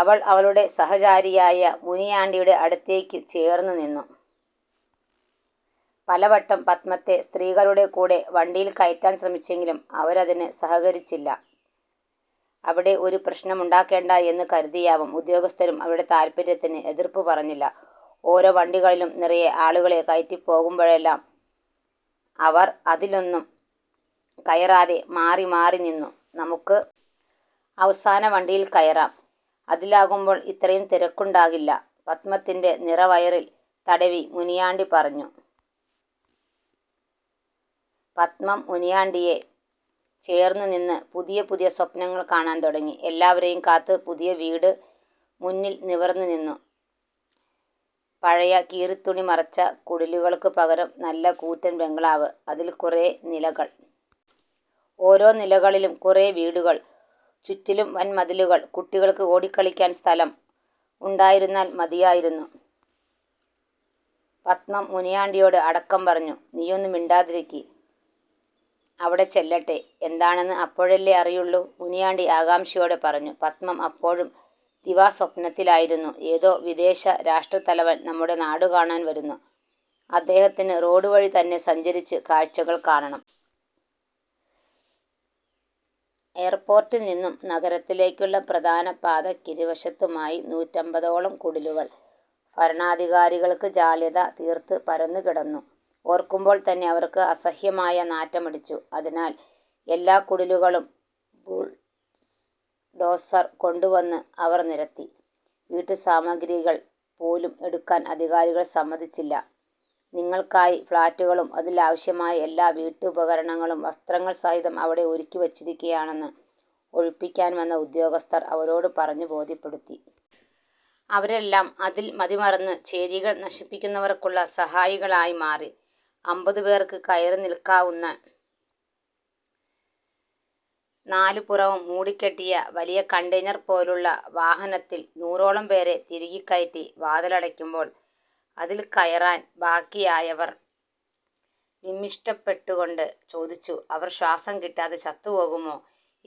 അവൾ അവളുടെ സഹചാരിയായ മുനിയാണ്ടിയുടെ അടുത്തേക്കു ചേർന്നുനിന്നു. പലവട്ടം പത്മത്തെ സ്ത്രീകളുടെ കൂടെ വണ്ടിയിൽ കയറ്റാൻ ശ്രമിച്ചെങ്കിലും അവരതിന് സഹകരിച്ചില്ല. അവിടെ ഒരു പ്രശ്നമുണ്ടാക്കേണ്ട എന്ന് കരുതിയാവാം ഉദ്യോഗസ്ഥരും അവരുടെ താൽപര്യത്തിന് എതിർപ്പു പറഞ്ഞില്ല. ഓരോ വണ്ടികളിലും നിറയെ ആളുകളെ കയറ്റിപ്പോകുമ്പോഴെല്ലാം അവർ അതിലൊന്നും കയറാതെ മാറിമാറിനിന്നു. നമുക്ക് അവസാനവണ്ടിയിൽ കയറാം. അതിലാകുമ്പോൾ ഇത്രയും തിരക്കുണ്ടാകില്ല. പത്മത്തിൻ്റെ നിറവയറിൽ തടവി മുനിയാണ്ടി പറഞ്ഞു. പത്മം മുനിയാണ്ടിയെ ചേർന്നുനിന്ന് പുതിയ പുതിയ സ്വപ്നങ്ങൾ കാണാൻ തുടങ്ങി. എല്ലാവരെയും കാത്ത് പുതിയ വീട് മുന്നിൽ നിവർന്നുനിന്നു. പഴയ കീറത്തുണി മറച്ച കുടിലുകൾക്ക് പകരം നല്ല കൂറ്റൻ ബംഗ്ലാവ്. അതിൽ കുറേ നിലകൾ. ഓരോ നിലകളിലും കുറേ വീടുകൾ. ചുറ്റിലും വൻമതിലുകൾ. കുട്ടികൾക്ക് ഓടിക്കളിക്കാൻ സ്ഥലം ഉണ്ടായിരുന്നാൽ മതിയായിരുന്നു. പത്മം മുനിയാണ്ടിയോട് അടക്കം പറഞ്ഞു. നീയൊന്നു മിണ്ടാതിരിക്ക്. അവിടെ ചെല്ലട്ടെ. എന്താണെന്ന് അപ്പോഴല്ലേ അറിയുള്ളൂ. മുനിയാണ്ടി ആകാംക്ഷയോടെ പറഞ്ഞു. പത്മം അപ്പോഴും ദിവാസ്വപ്നത്തിലായിരുന്നു. ഏതോ വിദേശ രാഷ്ട്രത്തലവൻ നമ്മുടെ നാടുകാണാൻ വരുന്നു. അദ്ദേഹത്തിന് റോഡുവഴി തന്നെ സഞ്ചരിച്ച് കാഴ്ചകൾ കാണണം. എയർപോർട്ടിൽനിന്നും നഗരത്തിലേക്കുള്ള പ്രധാനപാതയ്ക്കിരുവശത്തുമായി നൂറ്റമ്പതോളം കുടിലുകൾ ഭരണാധികാരികൾക്ക് ജാള്യത തീർത്ത് പരന്നുകിടന്നു. ഓർക്കുമ്പോൾതന്നെ അവർക്ക് അസഹ്യമായ നാറ്റമടിച്ചു. അതിനാൽ എല്ലാ കുടിലുകളും ബുൾഡോസർ കൊണ്ടുവന്ന് അവർ നിരത്തി. വീട്ടുസാമഗ്രികൾ പോലും എടുക്കാൻ അധികാരികൾ സമ്മതിച്ചില്ല. നിങ്ങൾക്കായി ഫ്ലാറ്റുകളും അതിൽ ആവശ്യമായ എല്ലാ വീട്ടുപകരണങ്ങളും വസ്ത്രങ്ങൾ സഹിതം അവിടെ ഒരുക്കിവെച്ചിരിക്കുകയാണെന്ന് ഒഴിപ്പിക്കാൻ വന്ന ഉദ്യോഗസ്ഥർ അവരോടു പറഞ്ഞ് ബോധ്യപ്പെടുത്തി. അവരെല്ലാം അതിൽ മതിമറന്ന് ചേരികൾ നശിപ്പിക്കുന്നവർക്കുള്ള സഹായികളായി മാറി. അമ്പതുപേർക്ക് കയറിനിൽക്കാവുന്ന നാലുപുറവും മൂടിക്കെട്ടിയ വലിയ കണ്ടെയ്നർ പോലുള്ള വാഹനത്തിൽ നൂറോളം പേരെ തിരുകിക്കയറ്റി വാതിലടയ്ക്കുമ്പോൾ അതിൽ കയറാൻ ബാക്കിയായവർ വിമ്മിഷ്ടപ്പെട്ടുകൊണ്ട് ചോദിച്ചു. അവർ ശ്വാസം കിട്ടാതെ ചത്തുപോകുമോ.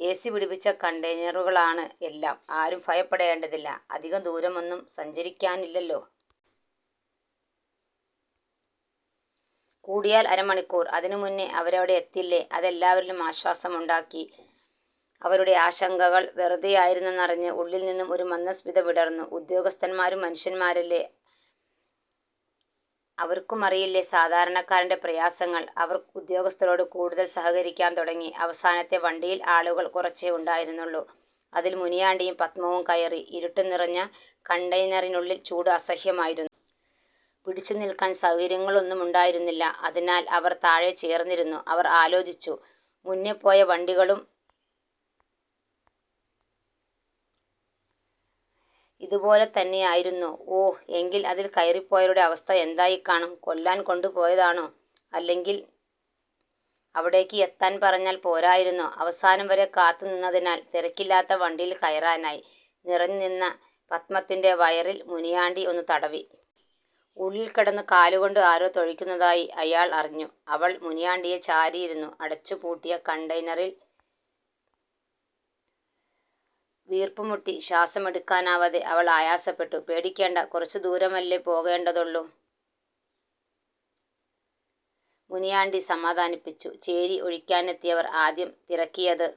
എസി പിടിപ്പിച്ച കണ്ടെയ്നറുകളാണ് എല്ലാം. ആരും ഭയപ്പെടേണ്ടതില്ല. അധികദൂരമൊന്നും സഞ്ചരിക്കാനില്ലല്ലോ. കൂടിയാൽ അര മണിക്കൂർ. അതിനുമുന്നേ അവരവിടെയെത്തില്ലേ. അതെല്ലാവരിലും ആശ്വാസമുണ്ടാക്കി. അവരുടെ ആശങ്കകൾ വെറുതെയായിരുന്നെന്നറിഞ്ഞ് ഉള്ളിൽനിന്നും ഒരു മന്ദസ്മിതം വിടർന്നു. ഉദ്യോഗസ്ഥന്മാരും മനുഷ്യന്മാരല്ലേ. അവർക്കുമറിയില്ലേ സാധാരണക്കാരൻ്റെ പ്രയാസങ്ങൾ. അവർ ഉദ്യോഗസ്ഥരോട് കൂടുതൽ സഹകരിക്കാൻ തുടങ്ങി. അവസാനത്തെ വണ്ടിയിൽ ആളുകൾ കുറച്ചേ ഉണ്ടായിരുന്നുള്ളൂ. അതിൽ മുനിയാണ്ടിയും പത്മവും കയറി. ഇരുട്ടുനിറഞ്ഞ കണ്ടെയ്നറിനുള്ളിൽ ചൂട് അസഹ്യമായിരുന്നു. പിടിച്ചുനിൽക്കാൻ സൗകര്യങ്ങളൊന്നുമുണ്ടായിരുന്നില്ല. അതിനാൽ അവർ താഴെ ചേർന്നിരുന്നു. അവർ ആലോചിച്ചു. മുന്നേ പോയ വണ്ടികളും ഇതുപോലെത്തന്നെയായിരുന്നോ. ഓ, എങ്കിൽ അതിൽ കയറിപ്പോയവരുടെ അവസ്ഥ എന്തായിക്കാണും. കൊല്ലാൻ കൊണ്ടുപോയതാണോ. അല്ലെങ്കിൽ അവിടേക്ക് എത്താൻ പറഞ്ഞാൽ പോരായിരുന്നോ. അവസാനം വരെ കാത്തുനിന്നതിനാൽ തിരക്കില്ലാത്ത വണ്ടിയിൽ കയറാനായി. നിറഞ്ഞുനിന്ന പത്മത്തിൻ്റെ വയറിൽ മുനിയാണ്ടി ഒന്നു തടവി. ഉള്ളിൽ കിടന്ന് കാലുകൊണ്ട് ആരോ തൊഴിക്കുന്നതായി അയാൾ അറിഞ്ഞു. അവൾ മുനിയാണ്ടിയെ ചാരിയിരുന്നു. അടച്ചുപൂട്ടിയ കണ്ടെയ്നറിൽ വീർപ്പുമുട്ടി ശ്വാസമെടുക്കാനാവാതെ അവൾ ആയാസപ്പെട്ടു. പേടിക്കേണ്ട, കുറച്ചുദൂരമല്ലേ പോകേണ്ടതുള്ളൂ. മുനിയാണ്ടി സമാധാനിപ്പിച്ചു. ചേരി ഒഴിക്കാനെത്തിയവർ ആദ്യം തിരക്കിയത്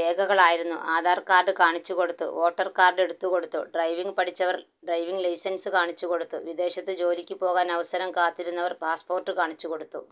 രേഖകളായിരുന്നു. ആധാർ കാർഡ് കാണിച്ചുകൊടുത്തു. വോട്ടർ കാർഡ് എടുത്തുകൊടുത്തു. ഡ്രൈവിങ് പഠിച്ചവർ ഡ്രൈവിങ് ലൈസൻസ് കാണിച്ചുകൊടുത്തു. വിദേശത്ത് ജോലിക്ക് പോകാൻ അവസരം കാത്തിരുന്നവർ പാസ്‌പോർട്ട് കാണിച്ചുകൊടുത്തു.